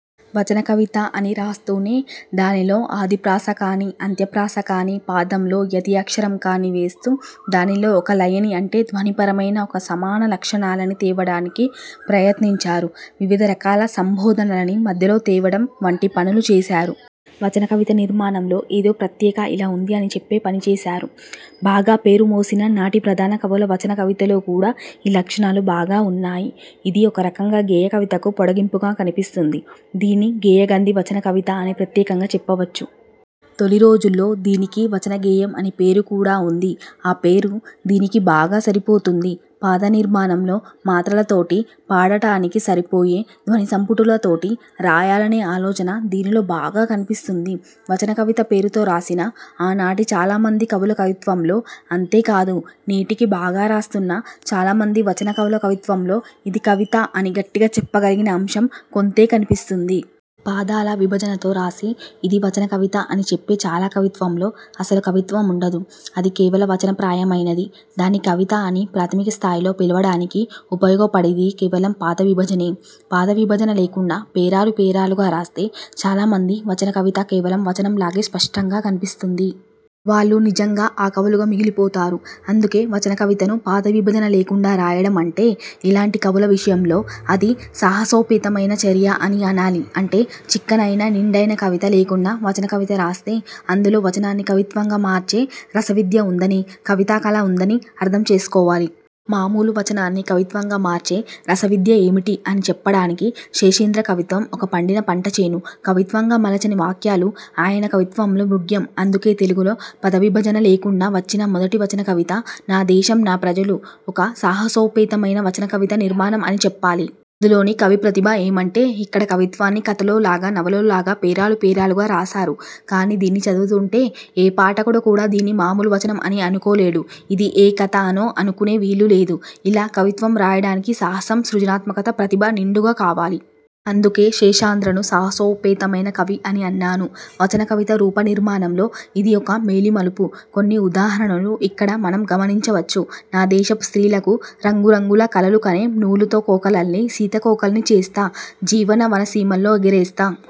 వచన కవిత అని రాస్తూనే దానిలో ఆది ప్రాస కాని, అంత్య ప్రాస కాని, పాదంలో యతి అక్షరం కాని వేస్తూ దానిలో ఒక లయని అంటే ధ్వనిపరమైన ఒక సమాన లక్షణాలని తేవడానికి ప్రయత్నించారు. వివిధ రకాల సంబోధనలని మధ్యలో తేవడం వంటి పనులు చేశారు. వచనకవిత నిర్మాణంలో ఏదో ప్రత్యేక ఇలా ఉంది అని చెప్పే పనిచేశారు. బాగా పేరుమోసిన నాటి ప్రధాన కవుల వచన కవితలో కూడా ఈ లక్షణాలు బాగా ఉన్నాయి. ఇది ఒక రకంగా గేయ కవితకు పొడిగింపుగా కనిపిస్తుంది. దీన్ని గేయగంధి వచన కవిత అని ప్రత్యేకంగా చెప్పవచ్చు. తొలి రోజుల్లో దీనికి వచనగేయం అనే పేరు కూడా ఉంది. ఆపేరు దీనికి బాగా సరిపోతుంది. పాద నిర్మాణంలో మాత్రల తోటి పాడటానికి సరిపోయే ధ్వనిసంపుటాల తోటి రాయాలనే ఆలోచన దీనిలో బాగా కనిపిస్తుంది. వచన కవిత పేరుతో రాసిన ఆనాటి చాలా మంది కవుల కవిత్వంలో, అంతే కాదు నేటికీ బాగా రాస్తున్న చాలా మంది వచన కవుల కవిత్వంలో ఇది కవిత అని గట్టిగా చెప్పగలిగిన అంశం కొంతే కనిపిస్తుంది. పాదాల విభజనతో రాసి ఇది వచన కవిత అని చెప్పే చాలా కవిత్వంలో అసలు కవిత్వం ఉండదు. అది కేవల వచన ప్రాయమైనది. దాన్ని కవిత అని ప్రాథమిక స్థాయిలో పిలవ డానికి ఉపయోగపడేది కేవలం పాదవిభజనే. పాదవిభజన లేకుండా పేరాలు పేరాలుగా రాస్తే చాలా మంది వచన కవిత కేవలం వచనంలాగే స్పష్టంగా కనిపిస్తుంది. వాళ్ళు నిజంగా అకవులుగా మిగిలిపోతారు. అందుకే వచన కవితను పాద విభజన లేకుండా రాయడం అంటే ఇలాంటి కవుల విషయంలో అది సాహసోపేతమైన చర్య అని అనాలి. అంటే చిక్కనైన నిండైన కవిత లేకుండా వచన కవిత రాస్తే అందులో వచనాన్ని కవిత్వంగా మార్చే రసవిద్య ఉందని, కవితా కళ ఉందని అర్థం చేసుకోవాలి. మామూలు వచనాన్ని కవిత్వంగా మార్చే రసవిద్య ఏమిటి అని చెప్పడానికి శేషేంద్ర కవిత్వం ఒక పండిన పంటచేను. కవిత్వంగా మలచని వాక్యాలు ఆయన కవిత్వంలో మృగ్యం. అందుకే తెలుగులో పాద విభజన లేకుం డా వచ్చిన మొదటి వచనకవిత 'నాదేశం నా ప్రజలు' ఒక సాహసోపేతమైన వచనకవితా నిర్మాణం అని చెప్పాలి. ఇందులోని కవి ప్రతిభ ఏమంటే ఇక్కడ కవిత్వాన్ని కథలో లాగా నవలలో లాగా పేరాలు పేరాలుగా రాసారు. కాని దీన్ని చదువుతుంటే ఏ పాఠకుడు కూడా దీన్ని మాములు వచనం అని అనుకోలేడు. ఇది ఏ కథ అనో అనుకునే వీలు లేదు. ఇలా కవిత్వం రాయడానికి సాహసం, సృజనాత్మక ప్రతిభ నిండుగా కావాలి. అందుకే శేషేంద్రను సాహసోపే తమైన కవి అని అన్నాను. వచన కవిత రూప నిర్మాణంలో ఇది ఒక మేలి మలుపు. కొన్ని ఉదాహరణలు ఇక్కడ మనం గమనించవచ్చు: ''నా దేశపు స్త్రీలకు రంగు రంగుల కలలు కనే నూలుతో కోకలల్లి, సీతాకోకల్ని చేస్తా, జీవన వనసీమల్లో ఎగరేస్తా.